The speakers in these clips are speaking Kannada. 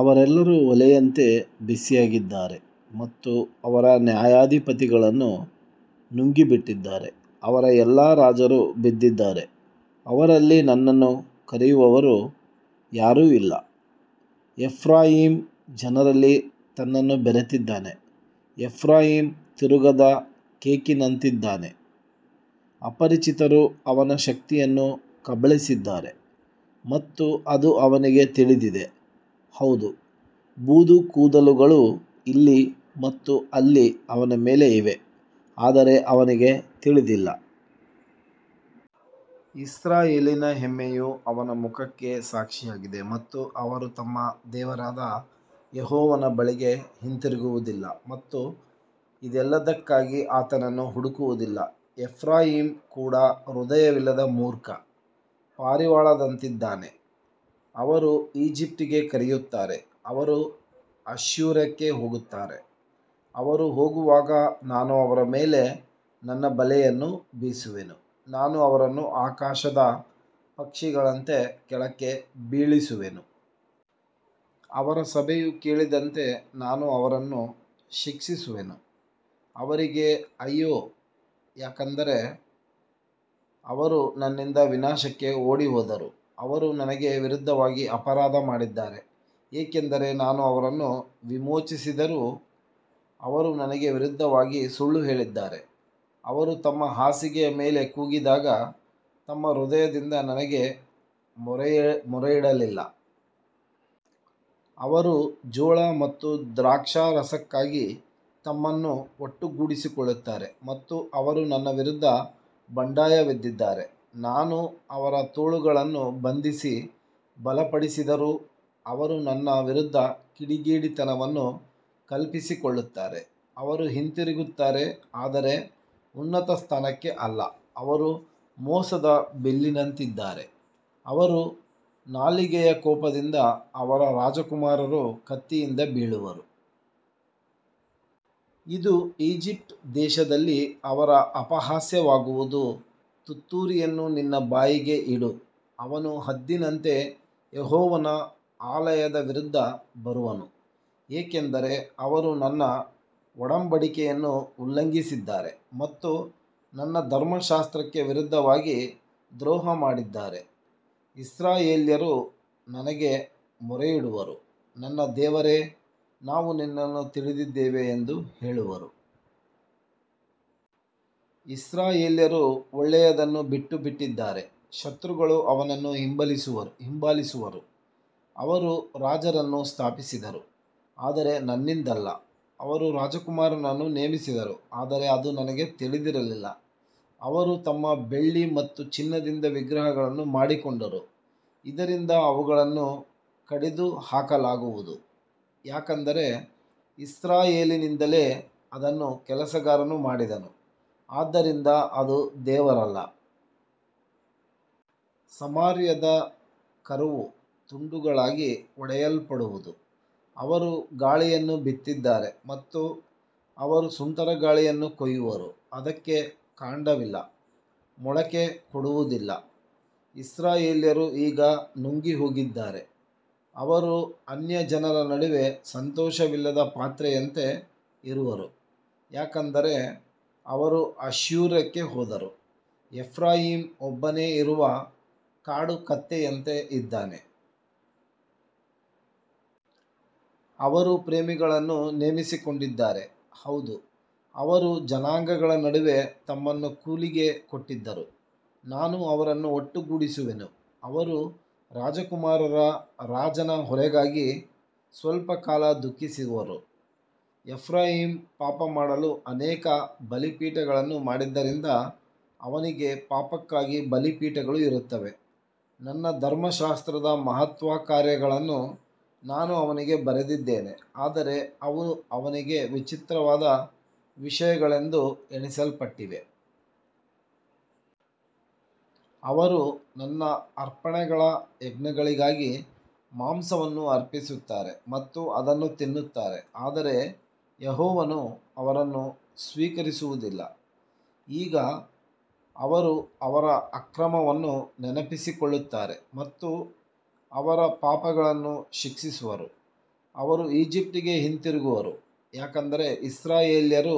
ಅವರೆಲ್ಲರೂ ಒಲೆಯಂತೆ ಬಿಸಿಯಾಗಿದ್ದಾರೆ ಮತ್ತು ಅವರ ನ್ಯಾಯಾಧಿಪತಿಗಳನ್ನು ನುಂಗಿಬಿಟ್ಟಿದ್ದಾರೆ. ಅವರ ಎಲ್ಲಾ ರಾಜರು ಬಿದ್ದಿದ್ದಾರೆ, ಅವರಲ್ಲಿ ನನ್ನನ್ನು ಕರೆಯುವವರು ಯಾರೂ ಇಲ್ಲ. ಎಫ್ರಾಯೀಮ್ ಜನರಲ್ಲಿ ತನ್ನನ್ನು ಬೆರೆತಿದ್ದಾನೆ. ಎಫ್ರಾಯೀಮ್ ತಿರುಗದ ಕೇಕಿನಂತಿದ್ದಾನೆ. ಅಪರಿಚಿತರು ಅವನ ಶಕ್ತಿಯನ್ನು ಕಬಳಿಸಿದ್ದಾರೆ ಮತ್ತು ಅದು ಅವನಿಗೆ ತಿಳಿದಿದೆ. ಹೌದು, ಬೂದು ಕೂದಲುಗಳು ಇಲ್ಲಿ ಮತ್ತು ಅಲ್ಲಿ ಅವನ ಮೇಲೆ ಇವೆ, ಆದರೆ ಅವನಿಗೆ ತಿಳಿದಿಲ್ಲ. ಇಸ್ರಾಯೇಲಿನ ಹೆಮ್ಮೆಯು ಅವನ ಮುಖಕ್ಕೆ ಸಾಕ್ಷಿಯಾಗಿದೆ ಮತ್ತು ಅವರು ತಮ್ಮ ದೇವರಾದ ಯೆಹೋವನ ಬಳಿಗೆ ಹಿಂತಿರುಗುವುದಿಲ್ಲ ಮತ್ತು ಇದೆಲ್ಲದಕ್ಕಾಗಿ ಆತನನ್ನು ಹುಡುಕುವುದಿಲ್ಲ. ಎಫ್ರಾಯೀಮ್ ಕೂಡ ಹೃದಯವಿಲ್ಲದ ಮೂರ್ಖ ಪಾರಿವಾಳದಂತಿದ್ದಾನೆ. ಅವರು ಈಜಿಪ್ಟಿಗೆ ಕರೆಯುತ್ತಾರೆ, ಅವರು ಅಶ್ಶೂರಕ್ಕೆ ಹೋಗುತ್ತಾರೆ. ಅವರು ಹೋಗುವಾಗ ನಾನು ಅವರ ಮೇಲೆ ನನ್ನ ಬಲೆಯನ್ನು ಬೀಸುವೆನು, ನಾನು ಅವರನ್ನು ಆಕಾಶದ ಪಕ್ಷಿಗಳಂತೆ ಕೆಳಕ್ಕೆ ಬೀಳಿಸುವೆನು. ಅವರ ಸಭೆಯು ಕೇಳಿದಂತೆ ನಾನು ಅವರನ್ನು ಶಿಕ್ಷಿಸುವೆನು. ಅವರಿಗೆ ಅಯ್ಯೋ, ಯಾಕಂದರೆ ಅವರು ನನ್ನಿಂದ ವಿನಾಶಕ್ಕೆ ಓಡಿಹೋದರು. ಅವರು ನನಗೆ ವಿರುದ್ಧವಾಗಿ ಅಪರಾಧ ಮಾಡಿದ್ದಾರೆ, ಏಕೆಂದರೆ ನಾನು ಅವರನ್ನು ವಿಮೋಚಿಸಿದರೂ ಅವರು ನನಗೆ ವಿರುದ್ಧವಾಗಿ ಸುಳ್ಳು ಹೇಳಿದ್ದಾರೆ. ಅವರು ತಮ್ಮ ಹಾಸಿಗೆಯ ಮೇಲೆ ಕೂಗಿದಾಗ ತಮ್ಮ ಹೃದಯದಿಂದ ನನಗೆ ಮೊರೆಯಿಡಲಿಲ್ಲ. ಅವರು ಜೋಳ ಮತ್ತು ದ್ರಾಕ್ಷಾರಸಕ್ಕಾಗಿ ತಮ್ಮನ್ನು ಒಟ್ಟುಗೂಡಿಸಿಕೊಳ್ಳುತ್ತಾರೆ ಮತ್ತು ಅವರು ನನ್ನ ವಿರುದ್ಧ ಬಂಡಾಯವೆದ್ದಿದ್ದಾರೆ. ನಾನು ಅವರ ತೋಳುಗಳನ್ನು ಬಂಧಿಸಿ ಬಲಪಡಿಸಿದರೂ ಅವರು ನನ್ನ ವಿರುದ್ಧ ಕಿಡಿಗೇಡಿತನವನ್ನು ಕಲ್ಪಿಸಿಕೊಳ್ಳುತ್ತಾರೆ. ಅವರು ಹಿಂತಿರುಗುತ್ತಾರೆ, ಆದರೆ ಉನ್ನತ ಸ್ಥಾನಕ್ಕೆ ಅಲ್ಲ. ಅವರು ಮೋಸದ ಬಿಲ್ಲಿನಂತಿದ್ದಾರೆ. ಅವರ ನಾಲಿಗೆಯ ಕೋಪದಿಂದ ಅವರ ರಾಜಕುಮಾರರು ಕತ್ತಿಯಿಂದ ಬೀಳುವರು. ಇದು ಈಜಿಪ್ಟ್ ದೇಶದಲ್ಲಿ ಅವರ ಅಪಹಾಸ್ಯವಾಗುವುದು. ತುತ್ತೂರಿಯನ್ನು ನಿನ್ನ ಬಾಯಿಗೆ ಇಡು. ಅವನು ಹದ್ದಿನಂತೆ ಯೆಹೋವನ ಆಲಯದ ವಿರುದ್ಧ ಬರುವನು, ಏಕೆಂದರೆ ಅವರು ನನ್ನ ಒಡಂಬಡಿಕೆಯನ್ನು ಉಲ್ಲಂಘಿಸಿದ್ದಾರೆ ಮತ್ತು ನನ್ನ ಧರ್ಮಶಾಸ್ತ್ರಕ್ಕೆ ವಿರುದ್ಧವಾಗಿ ದ್ರೋಹ ಮಾಡಿದ್ದಾರೆ. ಇಸ್ರಾಯೇಲ್ಯರು ನನಗೆ ಮೊರೆಯಿಡುವರು, ನನ್ನ ದೇವರೇ, ನಾವು ನಿನ್ನನ್ನು ತಿಳಿದಿದ್ದೇವೆ ಎಂದು ಹೇಳುವರು. ಇಸ್ರಾಯೇಲ್ಯರು ಒಳ್ಳೆಯದನ್ನು ಬಿಟ್ಟುಬಿಟ್ಟಿದ್ದಾರೆ, ಶತ್ರುಗಳು ಅವನನ್ನು ಹಿಂಬಾಲಿಸುವರು. ಅವರು ರಾಜರನ್ನು ಸ್ಥಾಪಿಸಿದರು, ಆದರೆ ನನ್ನಿಂದಲ್ಲ. ಅವರು ರಾಜಕುಮಾರರನ್ನು ನೇಮಿಸಿದರು, ಆದರೆ ಅದು ನನಗೆ ತಿಳಿದಿರಲಿಲ್ಲ. ಅವರು ತಮ್ಮ ಬೆಳ್ಳಿ ಮತ್ತು ಚಿನ್ನದಿಂದ ವಿಗ್ರಹಗಳನ್ನು ಮಾಡಿಕೊಂಡರು, ಇದರಿಂದ ಅವುಗಳನ್ನು ಕಡಿದುಹಾಕಲಾಗುವುದು. ಯಾಕಂದರೆ ಇಸ್ರಾಯೇಲಿನಿಂದಲೇ ಅದನ್ನು ಕೆಲಸಗಾರನು ಮಾಡಿದನು, ಆದ್ದರಿಂದ ಅದು ದೇವರಲ್ಲ. ಸಮಾರ್ಯದ ಕರುವು ತುಂಡುಗಳಾಗಿ ಒಡೆಯಲ್ಪಡುವುದು. ಅವರು ಗಾಳಿಯನ್ನು ಬಿತ್ತಿದ್ದಾರೆ ಮತ್ತು ಅವರು ಸುಂಟರಗಾಳಿಯನ್ನು ಕೊಯ್ಯುವರು. ಅದಕ್ಕೆ ಕಾಂಡವಿಲ್ಲ, ಮೊಳಕೆ ಕೊಡುವುದಿಲ್ಲ. ಇಸ್ರಾಯೇಲ್ಯರು ಈಗ ನುಂಗಿಹೋಗಿದ್ದಾರೆ. ಅವರು ಅನ್ಯಜನರ ನಡುವೆ ಸಂತೋಷವಿಲ್ಲದ ಪಾತ್ರೆಯಂತೆ ಇರುವರು, ಯಾಕಂದರೆ ಅವರು ಅಶ್ಶೂರಕ್ಕೆ ಹೋದರು. ಎಫ್ರಾಯೀಮ್ ಒಬ್ಬನೇ ಇರುವ ಕಾಡುಕತ್ತೆಯಂತೆ ಇದ್ದಾನೆ. ಅವರು ಪ್ರೇಮಿಗಳನ್ನು ನೇಮಿಸಿಕೊಂಡಿದ್ದಾರೆ. ಹೌದು, ಅವರು ಜನಾಂಗಗಳ ನಡುವೆ ತಮ್ಮನ್ನು ಕೂಲಿಗೆ ಕೊಟ್ಟಿದ್ದರೂ ನಾನು ಅವರನ್ನು ಒಟ್ಟುಗೂಡಿಸುವೆನು. ಅವರು ರಾಜಕುಮಾರರ ರಾಜನ ಹೊರೆಗಾಗಿ ಸ್ವಲ್ಪಕಾಲ ದುಃಖಿಸುವರು. ಎಫ್ರಾಯೀಮ್ ಪಾಪಮಾಡಲು ಅನೇಕ ಬಲಿಪೀಠಗಳನ್ನು ಮಾಡಿದ್ದರಿಂದ ಅವನಿಗೆ ಪಾಪಕ್ಕಾಗಿ ಬಲಿಪೀಠಗಳು ಇರುತ್ತವೆ. ನನ್ನ ಧರ್ಮಶಾಸ್ತ್ರದ ಮಹತ್ಕಾರ್ಯಗಳನ್ನು ನಾನು ಅವನಿಗೆ ಬರೆದಿದ್ದೇನೆ, ಆದರೆ ಅವು ಅವನಿಗೆ ವಿಚಿತ್ರವಾದ ವಿಷಯಗಳೆಂದು ಎಣಿಸಲ್ಪಟ್ಟಿವೆ. ಅವರು ನನ್ನ ಅರ್ಪಣೆಗಳ ಯಜ್ಞಗಳಿಗಾಗಿ ಮಾಂಸವನ್ನು ಅರ್ಪಿಸುತ್ತಾರೆ ಮತ್ತು ಅದನ್ನು ತಿನ್ನುತ್ತಾರೆ, ಆದರೆ ಯೆಹೋವನು ಅವರನ್ನು ಸ್ವೀಕರಿಸುವುದಿಲ್ಲ. ಈಗ ಅವರು ಅವರ ಅಕ್ರಮವನ್ನು ನೆನಪಿಸಿಕೊಳ್ಳುತ್ತಾರೆ ಮತ್ತು ಅವರ ಪಾಪಗಳನ್ನು ಶಿಕ್ಷಿಸುವರು. ಅವರು ಈಜಿಪ್ಟಿಗೆ ಹಿಂತಿರುಗುವರು, ಯಾಕಂದರೆ ಇಸ್ರಾಯೇಲ್ಯರು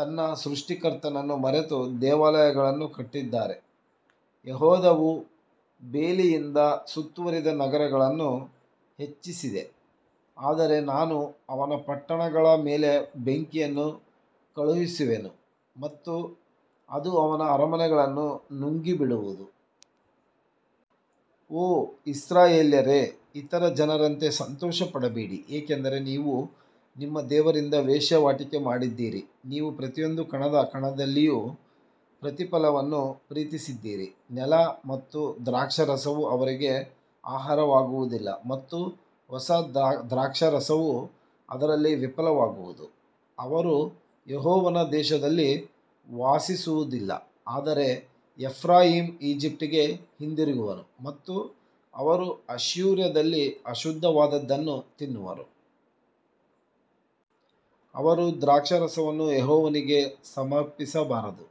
ತನ್ನ ಸೃಷ್ಟಿಕರ್ತನನ್ನು ಮರೆತು ದೇವಾಲಯಗಳನ್ನು ಕಟ್ಟಿದ್ದಾರೆ. ಯೆಹೂದವು ಬೇಲಿಯಿಂದ ಸುತ್ತುವರಿದ ನಗರಗಳನ್ನು ಹೆಚ್ಚಿಸಿದೆ, ಆದರೆ ನಾನು ಅವನ ಪಟ್ಟಣಗಳ ಮೇಲೆ ಬೆಂಕಿಯನ್ನು ಕಳುಹಿಸುವೆನು ಮತ್ತು ಅದು ಅವನ ಅರಮನೆಗಳನ್ನು ನುಂಗಿಬಿಡುವುದು. ಓ ಇಸ್ರಾಯೇಲ್ಯರೇ, ಇತರ ಜನರಂತೆ ಸಂತೋಷಪಡಬೇಡಿ, ಏಕೆಂದರೆ ನೀವು ನಿಮ್ಮ ದೇವರಿಂದ ವೇಶ್ಯಾವಾಟಿಕೆ ಮಾಡಿದ್ದೀರಿ. ನೀವು ಪ್ರತಿಯೊಂದು ಕಣದ ಕಣದಲ್ಲಿಯೂ ಪ್ರತಿಫಲವನ್ನು ಪ್ರೀತಿಸಿದ್ದೀರಿ. ನೆಲ ಮತ್ತು ದ್ರಾಕ್ಷಾರಸವು ಅವರಿಗೆ ಆಹಾರವಾಗುವುದಿಲ್ಲ ಮತ್ತು ಹೊಸ ದ್ರಾಕ್ಷಾರಸವು ಅದರಲ್ಲಿ ವಿಫಲವಾಗುವುದು. ಅವರು ಯೆಹೋವನ ದೇಶದಲ್ಲಿ ವಾಸಿಸುವುದಿಲ್ಲ, ಆದರೆ ಎಫ್ರಾಯೀಮ್ ಈಜಿಪ್ಟಿಗೆ ಹಿಂದಿರುಗುವನು ಮತ್ತು ಅವರು ಅಶ್ಶೂರದಲ್ಲಿ ಅಶುದ್ಧವಾದದ್ದನ್ನು ತಿನ್ನುವರು. ಅವರು ದ್ರಾಕ್ಷಾರಸವನ್ನು ಯೆಹೋವನಿಗೆ ಸಮರ್ಪಿಸಬಾರದು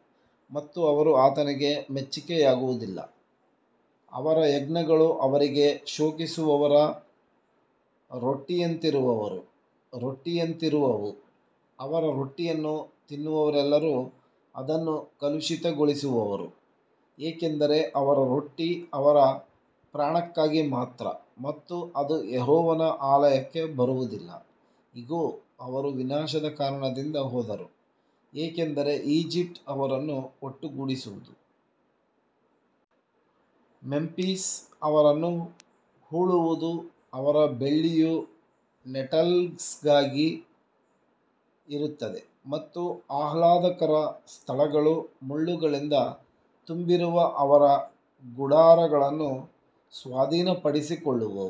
ಮತ್ತು ಅವರು ಆತನಿಗೆ ಮೆಚ್ಚಿಕೆಯಾಗುವುದಿಲ್ಲ. ಅವರ ಯಜ್ಞಗಳು ಅವರಿಗೆ ಶೋಕಿಸುವವರ ರೊಟ್ಟಿಯಂತಿರುವವು. ಅವರ ರೊಟ್ಟಿಯನ್ನು ತಿನ್ನುವವರೆಲ್ಲರೂ ಅದನ್ನು ಕಲುಷಿತಗೊಳಿಸುವರು, ಏಕೆಂದರೆ ಅವರ ರೊಟ್ಟಿ ಅವರ ಪ್ರಾಣಕ್ಕಾಗಿ ಮಾತ್ರ ಮತ್ತು ಅದು ಯೆಹೋವನ ಆಲಯಕ್ಕೆ ಬರುವುದಿಲ್ಲ. ಇಗೋ, ಅವರು ವಿನಾಶದ ಕಾರಣದಿಂದ ಹೋದರು, ಏಕೆಂದರೆ ಈಜಿಪ್ಟ್ ಅವರನ್ನು ಒಟ್ಟುಗೂಡಿಸುವುದು. ಮೆಂಫಿಸ್ ಅವರನ್ನು ಹೂಳುವುದು. ಅವರ ಬೆಳ್ಳಿಯು ನೆಟಲ್ಸ್ಗಾಗಿ ಇರುತ್ತದೆ ಮತ್ತು ಆಹ್ಲಾದಕರ ಸ್ಥಳಗಳು ಮುಳ್ಳುಗಳಿಂದ ತುಂಬಿರುವ ಅವರ ಗುಡಾರಗಳನ್ನು ಸ್ವಾಧೀನಪಡಿಸಿಕೊಳ್ಳುವವು.